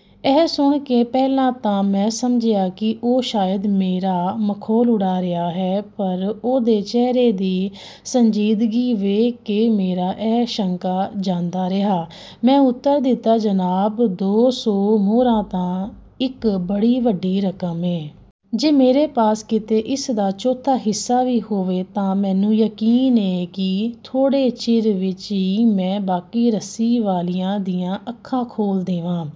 " ਇਹ ਸੁਣ ਕੇ ਪਹਿਲਾਂ ਤਾਂ ਮੈਂ ਸਮਝਿਆ ਕਿ ਉਹ ਸ਼ਾਇਦ ਮੇਰਾ ਮਖੌਲ ਉਡਾ ਰਿਹਾ ਹੈ, ਪਰ ਉਹਦੇ ਚਿਹਰੇ ਦੀ ਸੰਜੀਦਗੀ ਵੇਖ ਕੇ ਮੇਰਾ ਇਹ ਸ਼ੰਕਾ ਜਾਂਦਾ ਰਿਹਾ। ਮੈਂ ਉੱਤਰ ਦਿੱਤਾ, "ਜਨਾਬ, ਦੋ ਸੌ ਮੋਹਰਾਂ ਤਾਂ ਇਕ ਬੜੀ ਵੱਡੀ ਰਕਮ ਏ। ਜੇ ਮੇਰੇ ਪਾਸ ਕਿਤੇ ਇਸ ਦਾ ਚੌਥਾ ਹਿੱਸਾ ਵੀ ਹੋਵੇ ਤਾਂ ਮੈਨੂੰ ਯਕੀਨ ਏ ਕਿ ਥੋੜ੍ਹੇ ਚਿਰ ਵਿਚ ਈ ਮੈਂ ਬਾਕੀ ਰੱਸੀ ਵਾਲਿਆਂ ਦੀਆਂ ਅੱਖਾਂ ਖੋਲ੍ਹ ਦੇਵਾਂ। "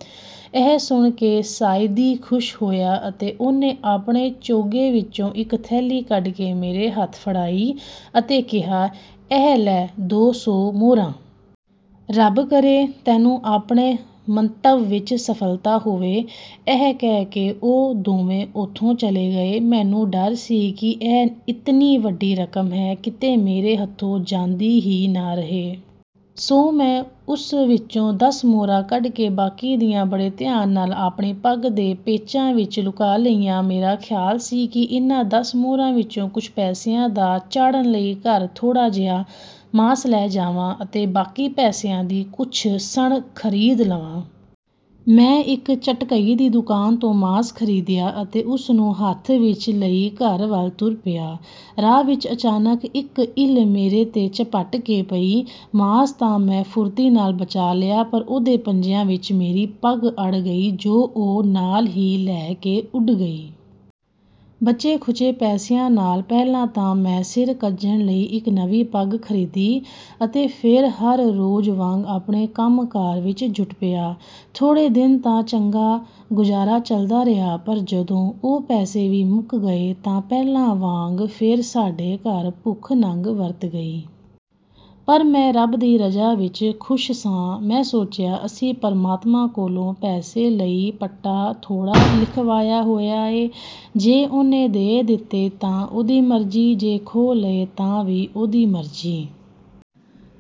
ਇਹ ਸੁਣ ਕੇ ਸਾਅਦੀ ਖੁਸ਼ ਹੋਇਆ ਅਤੇ ਉਹਨੇ ਆਪਣੇ ਚੋਗੇ ਵਿਚੋਂ ਇਕ ਥੈਲੀ ਕਢ ਕੇ ਮੇਰੇ ਹੱਥ ਫੜਾਈ ਅਤੇ ਕਿਹਾ, "ਇਹ ਲੈ ਦੋ ਸੌ ਮੁਹਰਾਂ! ਰੱਬ ਕਰੇ ਤੈਨੂੰ ਆਪਣੇ ਮੰਤਵ ਵਿਚ ਸਫਲਤਾ ਹੋਵੇ। " ਇਹ ਕਹਿ ਕੇ ਉਹ ਦੋਵੇਂ ਉੱਥੋਂ ਚਲੇ ਗਏ। ਮੈਨੂੰ ਡਰ ਸੀ ਕਿ ਇਹ ਇਤਨੀ ਵੱਡੀ ਰਕਮ ਹੈ, ਕਿਤੇ ਮੇਰੇ ਹੱਥੋਂ ਜਾਂਦੀ ਹੀ ਨ ਰਹੇ। ਸੋ ਮੈਂ ਉਸ ਵਿਚੋਂ ਦਸ ਮੁਹਰਾਂ ਕੱਢ ਕੇ ਬਾਕੀ ਦੀਆਂ ਬੜੇ ਧਿਆਨ ਨਾਲ ਆਪਣੀ ਪੱਗ ਦੇ ਪੇਚਾਂ ਵਿਚ ਲੁਕਾ ਲਈਆਂ। ਮੇਰਾ ਖ਼ਿਆਲ ਸੀ ਕਿ ਇਹਨਾਂ ਦਸ ਮੁਹਰਾਂ ਵਿਚੋਂ ਕੁਝ ਪੈਸਿਆਂ ਦਾ ਚਾੜ੍ਹਨ ਲਈ ਘਰ ਥੋੜ੍ਹਾ ਜਿਹਾ ਮਾਸ ਲੈ ਜਾਵਾਂ ਅਤੇ ਬਾਕੀ ਪੈਸਿਆਂ ਦੀ ਕੁਝ ਸਣ ਖ਼ਰੀਦ ਲਵਾਂ। ਮੈਂ ਇਕ ਝਟਕਈ ਦੀ ਦੁਕਾਨ ਤੋਂ ਮਾਸ ਖ਼ਰੀਦਿਆ ਅਤੇ ਉਸ ਨੂੰ ਹੱਥ ਵਿਚ ਲਈ ਘਰ ਵਲ ਤੁਰ ਪਿਆ। ਰਾਹ ਵਿਚ ਅਚਾਨਕ ਇਕ ਇੱਲ ਮੇਰੇ ਤੇ ਝੱਪਟ ਕੇ ਪਈ। ਮਾਸ ਤਾਂ ਮੈਂ ਫੁਰਤੀ ਨਾਲ ਬਚਾ ਲਿਆ, ਪਰ ਉਹਦੇ ਪੰਜਿਆਂ ਵਿਚ ਮੇਰੀ ਪੱਗ ਅੜ ਗਈ ਜੋ ਉਹ ਨਾਲ ਹੀ ਲੈ ਕੇ ਉੱਡ ਗਈ। ਬਚੇ ਖੁਚੇ ਪੈਸਿਆਂ ਨਾਲ ਪਹਿਲਾਂ ਤਾਂ ਮੈਂ ਸਿਰ ਕੱਜਣ ਲਈ ਇਕ ਨਵੀਂ ਪੱਗ ਖ਼ਰੀਦੀ, ਅਤੇ ਫੇਰ ਹਰ ਰੋਜ਼ ਵਾਂਗ ਆਪਣੇ ਕੰਮ ਕਾਰ ਵਿਚ ਜੁਟ ਪਿਆ। ਥੋੜ੍ਹੇ ਦਿਨ ਤਾਂ ਚੰਗਾ ਗੁਜ਼ਾਰਾ ਚਲਦਾ ਰਿਹਾ, ਪਰ ਜਦੋਂ ਉਹ ਪੈਸੇ ਵੀ ਮੁਕ ਗਏ ਤਾਂ ਪਹਿਲਾਂ ਵਾਂਗ ਫੇਰ ਸਾਡੇ ਘਰ ਭੁੱਖ ਨੰਗ ਵਰਤ ਗਈ। ਪਰ ਮੈਂ ਰਬ ਦੀ ਰਜ਼ਾ ਵਿਚ ਖ਼ੁਸ਼ ਸਾਂ। ਮੈਂ ਸੋਚਿਆ, "ਅਸੀਂ ਪਰਮਾਤਮਾ ਕੋਲੋਂ ਪੈਸੇ ਲਈ ਪਟਾ ਥੋੜ੍ਹਾ ਲਿਖਵਾਇਆ ਹੋਇਆ ਏ! ਜੇ ਉਹਨੇ ਦੇ ਦਿੱਤੇ ਤਾਂ ਉਹਦੀ ਮਰਜ਼ੀ, ਜੇ ਖੋਹ ਲਏ ਤਾਂ ਵੀ ਉਹਦੀ ਮਰਜ਼ੀ!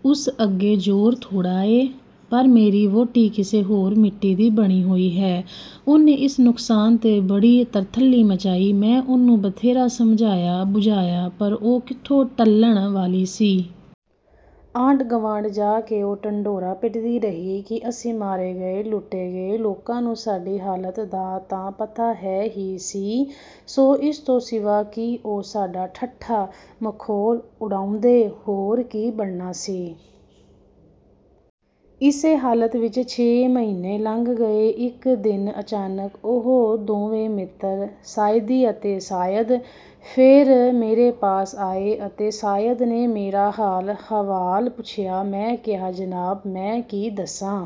ਉਸ ਅੱਗੇ ਜ਼ੋਰ ਥੋੜ੍ਹਾ ਏ। " ਪਰ ਮੇਰੀ ਵਹੁਟੀ ਕਿਸੇ ਹੋਰ ਮਿੱਟੀ ਦੀ ਬਣੀ ਹੋਈ ਹੈ। ਉਹਨੇ ਇਸ ਨੁਕਸਾਨ ਤੇ ਬੜੀ ਤਰਥੱਲੀ ਮਚਾਈ। ਮੈਂ ਉਹਨੂੰ ਬਥੇਰਾ ਸਮਝਾਇਆ ਬੁਝਾਇਆ, ਪਰ ਉਹ ਕਿਥੋਂ ਟਲਣ ਵਾਲੀ ਸੀ! ਆਂਢ ਗਵਾਂਢ ਜਾ ਕੇ ਉਹ ਢੰਡੋਰਾ ਪਿਟਦੀ ਰਹੀ ਕਿ ਅਸੀਂ ਮਾਰੇ ਗਏ, ਲੁਟੇ ਗਏ! ਲੋਕਾਂ ਨੂੰ ਸਾਡੀ ਹਾਲਤ ਦਾ ਤਾਂ ਪਤਾ ਹੈ ਹੀ ਸੀ। ਸੋ ਇਸ ਤੋਂ ਸਿਵਾ ਕਿ ਉਹ ਸਾਡਾ ਠੱਠਾ ਮਖੌਲ ਉਡਾਉਂਦੇ ਹੋਰ ਕੀ ਬਣਨਾ ਸੀ। ਇਸੇ ਹਾਲਤ ਵਿਚ ਛੇ ਮਹੀਨੇ ਲੰਘ ਗਏ। ਇਕ ਦਿਨ ਅਚਾਨਕ ਉਹ ਦੋਵੇਂ ਮਿੱਤਰ, ਸਾਅਦੀ ਅਤੇ ਸਾਅਦ, ਫੇਰ ਮੇਰੇ ਪਾਸ ਆਏ ਅਤੇ ਸਾਅਦ ਨੇ ਮੇਰਾ ਹਾਲ ਹਵਾਲ ਪੁੱਛਿਆ! ਮੈਂ ਕਿਹਾ, "ਜਨਾਬ, ਮੈਂ ਕੀ ਦੱਸਾਂ!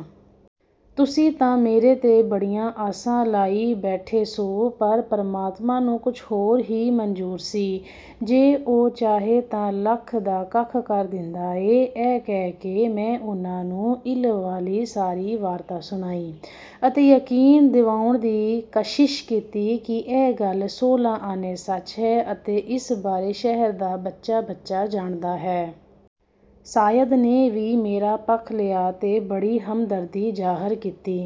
ਤੁਸੀਂ ਤਾਂ ਮੇਰੇ ਤੇ ਬੜੀਆਂ ਆਸਾਂ ਲਾਈ ਬੈਠੇ ਸੌ। ਪਰ ਪਰਮਾਤਮਾਂ ਨੂੰ ਕੁਝ ਹੋਰ ਹੀ ਮਨਜ਼ੂਰ ਸੀ! ਜੇ ਉਹ ਚਾਹੇ ਤਾਂ ਲੱਖ ਦਾ ਕੱਖ ਕਰ ਦਿੰਦਾ ਏ! ਇਹ ਕਹਿ ਕੇ ਮੈਂ ਉਹਨਾਂ ਨੂੰ ਇੱਲ ਵਾਲੀ ਸਾਰੀ ਵਾਰਤਾ ਸੁਣਾਈ ਅਤੇ ਯਕੀਨ ਦਿਵਾਉਣ ਦੀ ਕਸ਼ਿਸ਼ ਕੀਤੀ ਕਿ ਇਹ ਗਲ ਸੋਲਾਂ ਆਨੇ ਸਚ ਹੈ ਅਤੇ ਇਸ ਬਾਰੇ ਸ਼ਹਿਰ ਦਾ ਬੱਚਾ ਬੱਚਾ ਜਾਣਦਾ ਹੈ। ਸਾਅਦ ਨੇ ਵੀ ਮੇਰਾ ਪੱਖ ਲਿਆ ਤੇ ਬੜੀ ਹਮਦਰਦੀ ਜ਼ਾਹਿਰ ਕੀਤੀ!